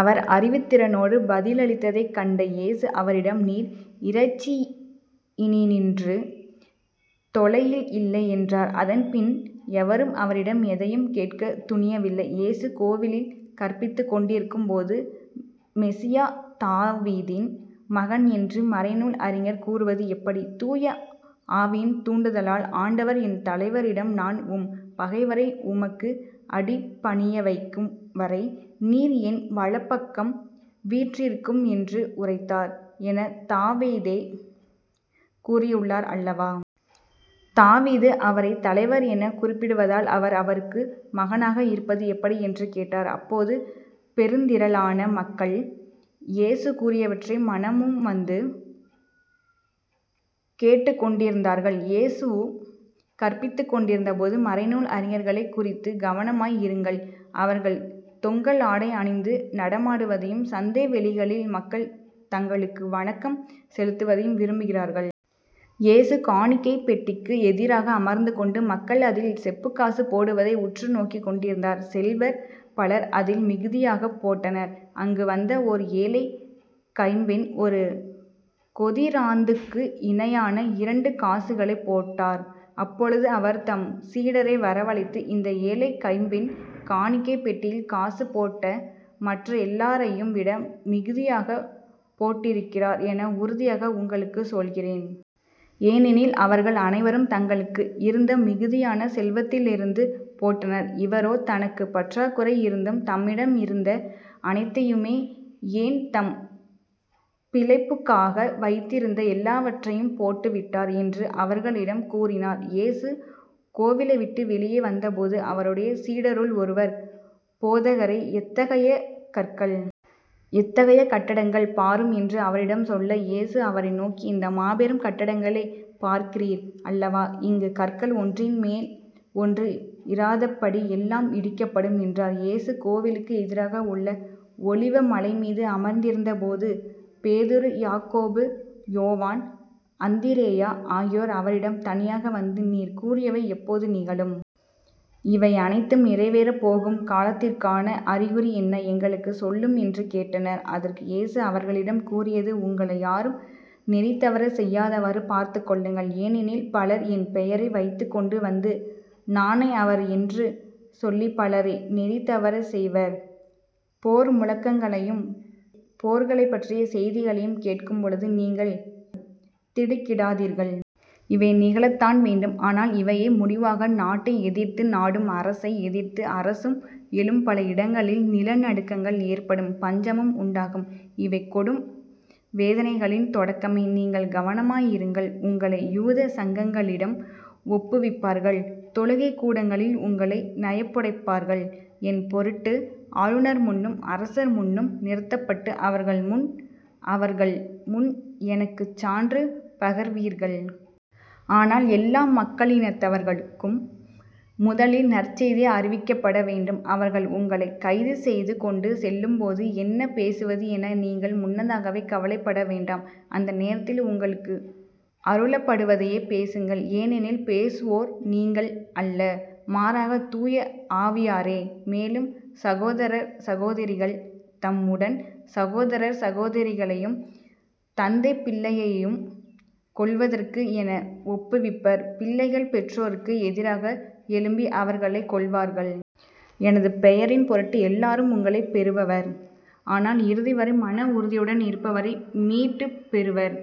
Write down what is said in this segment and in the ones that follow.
அவர் அறிவுத்திறனோடு பதிலளித்ததைக் கண்ட இயேசு அவரிடம் நீர் இறைட்சியினின்று தொலையில் இல்லை என்றார். அதன்பின் எவரும் அவரிடம் எதையும் கேட்கத் துணியவில்லை. இயேசு கோவிலில் கற்பித்துக் கொண்டிருக்கும்போது மெசியா தாவீதின் மகன் என்று மறைநூல் அறிஞர் கூறுவது எப்படி? தூய ஆவியின் தூண்டுதலால் ஆண்டவர் என் தலைவரிடம் நான் உம் பகைவரை உமக்கு அடிபணியவைக்கும்வரை நீர் என் வலப்பக்கம் வீற்றிருக்கும் என்று உரைத்தார் எனத் தாவீதே கூறியுள்ளார் அல்லவா. தாவீது அவரைத் தலைவர் எனக் குறிப்பிடுவதால் அவர் அவருக்கு மகனாக இருப்பது எப்படி? என்று கேட்டார். அப்போது பெருந்திரளான மக்கள் இயேசு கூறியவற்றை மனமுவந்து கேட்டுக்கொண்டிருந்தார்கள். இயேசு கற்பித்துக்கொண்டிருந்தபோது மறைநூல் அறிஞர்களைக் குறித்துக் கவனமாய் இருங்கள். அவர்கள் தொங்கல் ஆடை அணிந்து நடமாடுவதையும் சந்தை வெளிகளில் மக்கள் தங்களுக்கு வணக்கம் செலுத்துவதையும் விரும்புகிறார்கள். இயேசு காணிக்கைப் பெட்டிக்கு எதிராக அமர்ந்துகொண்டு மக்கள் அதில் செப்புக்காசு போடுவதை உற்று நோக்கிக் கொண்டிருந்தார். செல்வர் பலர் அதில் மிகுதியாகப் போட்டனர். அங்கு வந்த ஓர் ஏழைக் கைம்பெண் ஒரு கொதிராந்துக்கு இணையான இரண்டு காசுகளைப் போட்டார். அப்பொழுது அவர் தம் சீடரை வரவழைத்து இந்த ஏழைக் கைம்பெண் காணிக்கைப் பெட்டியில் காசு போட்ட மற்ற எல்லாரையும் விட மிகுதியாகப் போட்டிருக்கிறார் என உறுதியாக உங்களுக்குச் சொல்கிறேன். ஏனெனில் அவர்கள் அனைவரும் தங்களுக்கு இருந்த மிகுதியான செல்வத்திலிருந்து போட்டனர். இவரோ தனக்குப் பற்றாக்குறை இருந்தும் தம்மிடம் இருந்த அனைத்தையுமே, ஏன் தம் பிழைப்புக்காக வைத்திருந்த எல்லாவற்றையும் போட்டுவிட்டார் என்று அவர்களிடம் கூறினார். இயேசு கோவிலைவிட்டு வெளியே வந்தபோது அவருடைய சீடருள் ஒருவர் போதகரே எத்தகைய கற்கள். எத்தகைய கட்டடங்கள். பாரும் என்று அவரிடம் சொல்ல இயேசு அவரை நோக்கி இந்த மாபெரும் கட்டடங்களைப் பார்க்கிறீர் அல்லவா. இங்குக் கற்கள் ஒன்றின்மேல் ஒன்று இராதபடி எல்லாம் இடிக்கப்படும் என்றார். இயேசு கோவிலுக்கு எதிராக உள்ள ஒலிவ மலைமீது அமர்ந்திருந்த போது பேதுரு யாக்கோபு யோவான் அந்திரேயா ஆகியோர் அவரிடம் தனியாக வந்து நீர் கூறியவை எப்போது நிகழும்? இவையனைத்தும் நிறைவேறப்போகும் காலத்திற்கான அறிகுறி என்ன? எங்களுக்குச் சொல்லும் என்று கேட்டனர். அதற்கு இயேசு அவர்களிடம் கூறியது உங்களை யாரும் நெறிதவறச் செய்யாதவாறு பார்த்துக் கொள்ளுங்கள். ஏனெனில் பலர் என் பெயரை வைத்துக்கொண்டு வந்து நானே அவர் என்று சொல்லிப் பலரை நெறிதவறச் செய்வர். போர் முழக்கங்களையும் போர்களைப்பற்றிய செய்திகளையும் கேட்கும் பொழுது நீங்கள் திடுக்கிடாதீர்கள். இவை நிகழத்தான் வேண்டும். ஆனால் இவையே முடிவாகா. நாட்டை எதிர்த்து நாடும் அரசை எதிர்த்து அரசும் எழும் பல இடங்களில் நில நடுக்கங்கள் ஏற்படும் பஞ்சமும் உண்டாகும். இவை கொடும் வேதனைகளின் தொடக்கமே. நீங்கள் கவனமாயிருங்கள் உங்களை யூதச் சங்கங்களிடம் ஒப்புவிப்பார்கள் தொழுகைக்கூடங்களில் உங்களை நையப்புடைப்பார்கள் என் பொருட்டு ஆளுநர் முன்னும் அரசர் முன்னும் நிறுத்தப்பட்டு அவர்கள் முன் அவர்கள் முன் எனக்குச் சான்று பகர்வீர்கள். ஆனால் எல்லா மக்களினத்தவர்கட்கும் முதலில் நற்செய்தி அறிவிக்கப்பட வேண்டும். அவர்கள் உங்களைக் கைதுசெய்து கொண்டு செல்லும்போது என்ன பேசுவது என நீங்கள் முன்னதாகவே கவலைப்பட வேண்டாம் அந்த நேரத்தில் உங்களுக்கு அருளப்படுவதையே பேசுங்கள். ஏனெனில் பேசுவோர் நீங்கள் அல்ல. மாறாக தூய ஆவியாரே. மேலும் சகோதரர் சகோதரிகள் தம் உடன் சகோதரர் சகோதரிகளையும் தந்தை பிள்ளையையும் கொல்வதற்கு என ஒப்புவிப்பர் பிள்ளைகள் பெற்றோர்க்கு எதிராக எழும்பி அவர்களைக் கொல்வார்கள். எனது பெயரின் பொருட்டு எல்லாரும் உங்களை பெறுபவர். ஆனால் இறுதிவரை மன உறுதியுடன் இருப்பவரே மீட்புப் பெறுவர்.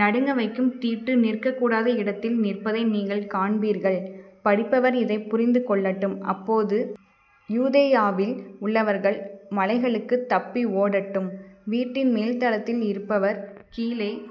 நடுங்க வைக்கும் தீட்டு நிற்கக்கூடாத இடத்தில் நிற்பதை நீங்கள் காண்பீர்கள். படிப்பவர் இதைப் புரிந்து கொள்ளட்டும். அப்போது யூதேயாவில் உள்ளவர்கள் மலைகளுக்குத் தப்பி ஓடட்டும். வீட்டின் மேல்தளத்தில் இருப்பவர் கீழே